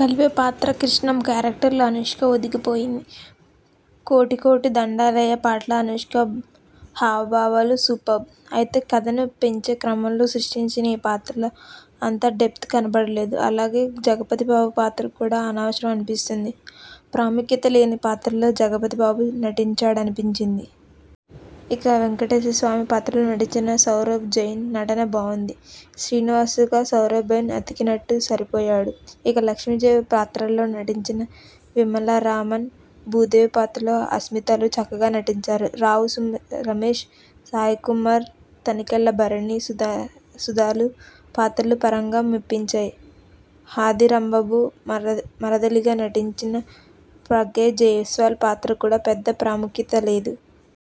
కల్పిత పాత్ర కృష్ణమ్మ క్యారెక్టర్లో అనుష్క ఒదిగిపోయింది. కోటి కోటి దండాలయ్య పాటలో అనుష్క హావభావాలు సూపర్బ్. అయితే కథను పెంచే క్రమంలోసృష్టించిన ఈ పాత్రలో అంత డెప్త్ కనపడలేదు. అలాగే జగపతిబాబు పాత్ర కూడా అనవరసం అనిపిస్తుంది. ప్రాముఖ్యత లేని పాత్రలో జగపతిబాబు నటించాడనిపించింది. ఇక వెంకటేశ్వర స్వామి పాత్రలో నటించిన సౌరభ్ జైన్ నటన బావుంది. శ్రీనివాసుడుగా సౌరభ్జైన్ అతికినట్టు సరిపోయాడు. ఇక లక్ష్మీదేవి పాత్రలో నటించిన విమలారామన్, భూదేవి పాత్రలో ఆస్మితలు చక్కగా నటించారు. రావు రమేష్, సాయికుమార్, తనికెళ్ళభరణి, సుధలు పాత్రలు పరంగా మెప్పించారు. హథీరాంబాబు మరదలిగా నటించిన ప్రగ్యాజైశ్వాల్ పాత్రకు కూడా పెద్ద ప్రాముఖ్యతలేదు.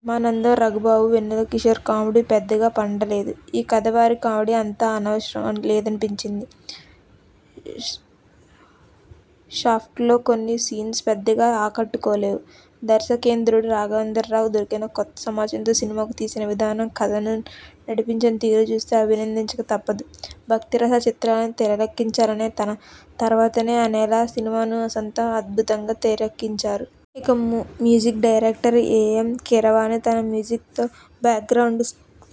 బ్రహ్మానందం, రఘుబాబు, వెన్నెలకిషోర్ల కామెడి పెద్దగా పండలేదు. ఈ కథకు వారి కామెడి అంత అవసరం లేదనిపించింది. ఫస్టాఫ్లో కొన్ని సీన్స్ పెద్దగా ఆకట్టుకోవు. దర్శకేంద్రుడు రాఘవేంద్రరావు దొరికిన కొంత సమాచారంతో సినిమాను తీసిన విధానం, కథను నడిపించిన తీరు చూస్తే అభినందించక తప్పదు. భక్తిరస చిత్రాలు తెరకెక్కించాలంటే తన తర్వాతే అనేలా సినిమాను ఆసాంతం అద్భుతంగా తెరకెక్కించారు. ఇక music director M. M. Keeravani తన మ్యూజిక్తో, బ్యాక్గ్రౌండ్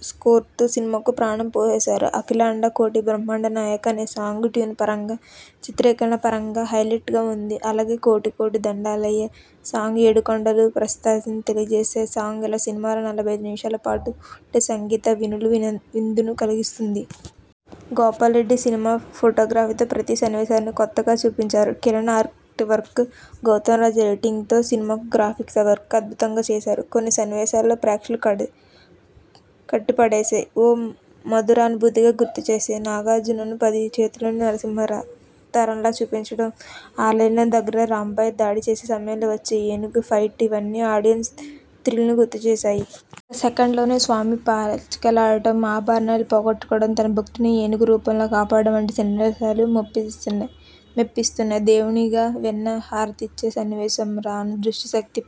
స్కోర్తో సినిమాకు ప్రాణం పోశారు. అఖిలాండ కోటి బ్రహ్మాండ నాయకా.. అనే సాంగ్ ట్యూన్ పరంగా, చిత్రీకరణ పరంగా హైలైట్గా ఉంది. అలాగే కోటి కోటి దండాలయ్యా.. సాంగ్, ఏడు కొండలు ప్రశస్తిని తెలియజేసే సాంగ్ ఇలా సినిమాలో నలభై ఐదు నిమిషాల పాటు ఉండే సంగీతం వీనుల విందును కలిగిస్తుంది. గోపాల్ రెడ్డి సినిమాటోగ్రఫీతో ప్రతి సన్నివేశాన్ని కొత్తగా చూపించారు. Kiran art work, Gautamraju editing తో సినిమాకు గ్రాఫిక్స్ వర్క్ అద్భుతంగా చేశారు. కొన్ని సన్నివేశాలైతే ప్రేక్షకులను కట్టిపడేస్తాయి. ఓ మధురానుభూతికి గుర్తు చేస్తాయి. నాగార్జునను పది చేతులున్న నరసింహావతారంలా చూపించడం, ఆలయం దగ్గర రాంపై దాడి చేసే సమయంలో వచ్చే ఏనుగు ఫైట్ ఇవన్నీ ఆడియెన్స్ను థ్రిల్కు గురి చేస్తాయి. ఇక సెకండాఫ్లో స్వామి పాచికలాడటం, అభరణాలు పోగోట్టుకోవడం, తన భక్తుడిని ఏనుగు రూపంలో కాపాడటం వంటి సన్నివేశాలు మెప్పిస్తాయి. దేవదేవునికి వెన్న హారతినిచ్చే సన్నివేశం, రాంను దుష్టశక్తి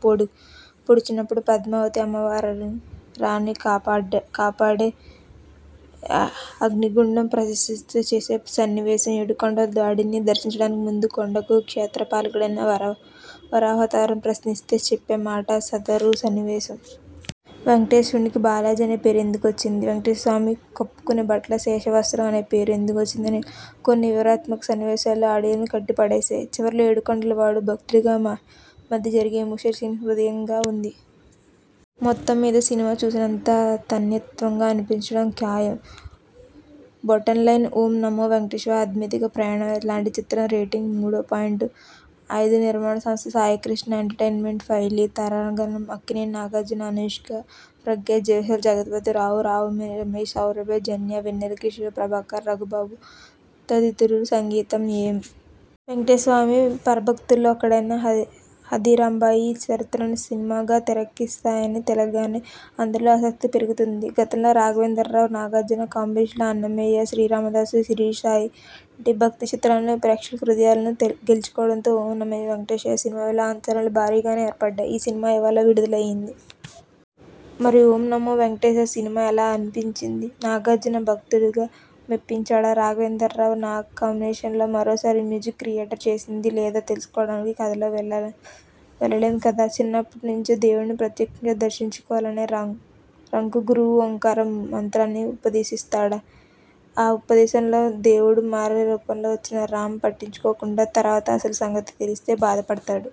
పొడిచినప్పుడు పద్మావతి అమ్మవారు రాంను కాపాడి అగ్నిగుండం ప్రశస్తిని చెప్పే సన్నివేశం, ఏడు కొండలు వాడిని దర్శించడానికి ముందు కొండకు క్షేత్రపాలకుడైన వరాహవతారం ప్రశస్తిని చెప్పే పాట, సదరు సన్నివేశం., వెంకటేశునికి బాలాజీ అనే పేరు ఎందుకు వచ్చింది. వెంకటేశ్వరస్వామి కప్పుకునే బట్టకు శేష వస్త్రం అనే పేరు ఎందుకు వచ్చింది ఇలా కొన్ని వివరణాత్మక సన్నివేశాలు ఆడియెన్స్ను కట్టి పడేస్తాయి. చివర్లో ఏడు కొండలు వాడు, భక్తుడికి మధ్య జరిగే ఎమోషనల్ సీన్స్ హృద్యయంగా ఉంది. మొత్తం మీద సినిమా చూస్తున్నంత తన్మయత్వంగా అనిపించడం ఖాయం. బోటమ్ లైన్ ఓం నమో వేంకటేశాయ.. ఆధ్యాత్మిక ప్రయాణం లాంటి చిత్రం రేటింగ్ మూడు పాయింట్ ఐదు/ఐదునిర్మాణ సంస్థ సాయికృపా ఎంటర్టైన్మెంట్ ప్రై. లి. తారాగణం అక్కినేని నాగార్జున, అనుష్క, ప్రగ్యా జైశ్వాల్, జగపతిబాబు, రావు రమేష్, సౌరభ్ జైన్, వెన్నెల కిషోర్, ప్రభాకర్, రఘుబాబు తదితరులుసంగీతం ఎం. వెంకటేశ్వర స్వామి పరమభక్తుల్లో ఒకడైన హథీరాంబాయి చరిత్రను సినిమాగా తెరకెక్కిస్తారని తెలియగానే అందరిలో ఆసక్తి పెరిగింది. గతంలో రాఘవేంద్రరావు, నాగార్జున కాంబినేషన్లో అన్నమయ్య, శ్రీరామదాసు, శిరిడీసాయి వంటి భక్తి చిత్రాలు ప్రేక్షకుల హృదయాలను గెలుచుకోవడంతో ఓం నమో వేంకటేశాయ సినిమాపై అంచనాలు భారీగానే ఏర్పడ్డాయి. ఈ సినిమా ఇవాళ విడుదలైంది. మరి ఓం నమోవేంకటేశాయ సినిమా అనిపించింది? నాగార్జున భక్తుడుగా మెప్పించాడా? రాఘవేంద్రరావు, నాగ్ కాంబినేషన్ మరోసారి మ్యాజిక్ క్రియేట్ చేసిందా లేదో తెలుసుకోవాలంటే కథలోకి వెళదాంకథ చిన్నప్పట్నుంచి దేవుణ్ణి ప్రత్యక్షంగా దర్శించాలనుకునే రాంకు గురువు ఓంకార మంత్రాన్ని ఉపదేశిస్తాడు. ఆ ఉపదేశంతో దేవుడు మారు రూపంలో వచ్చినా రాం పట్టించుకోడు. తర్వాత అసలు సంగతి తెలిసి బాధపడతాడు.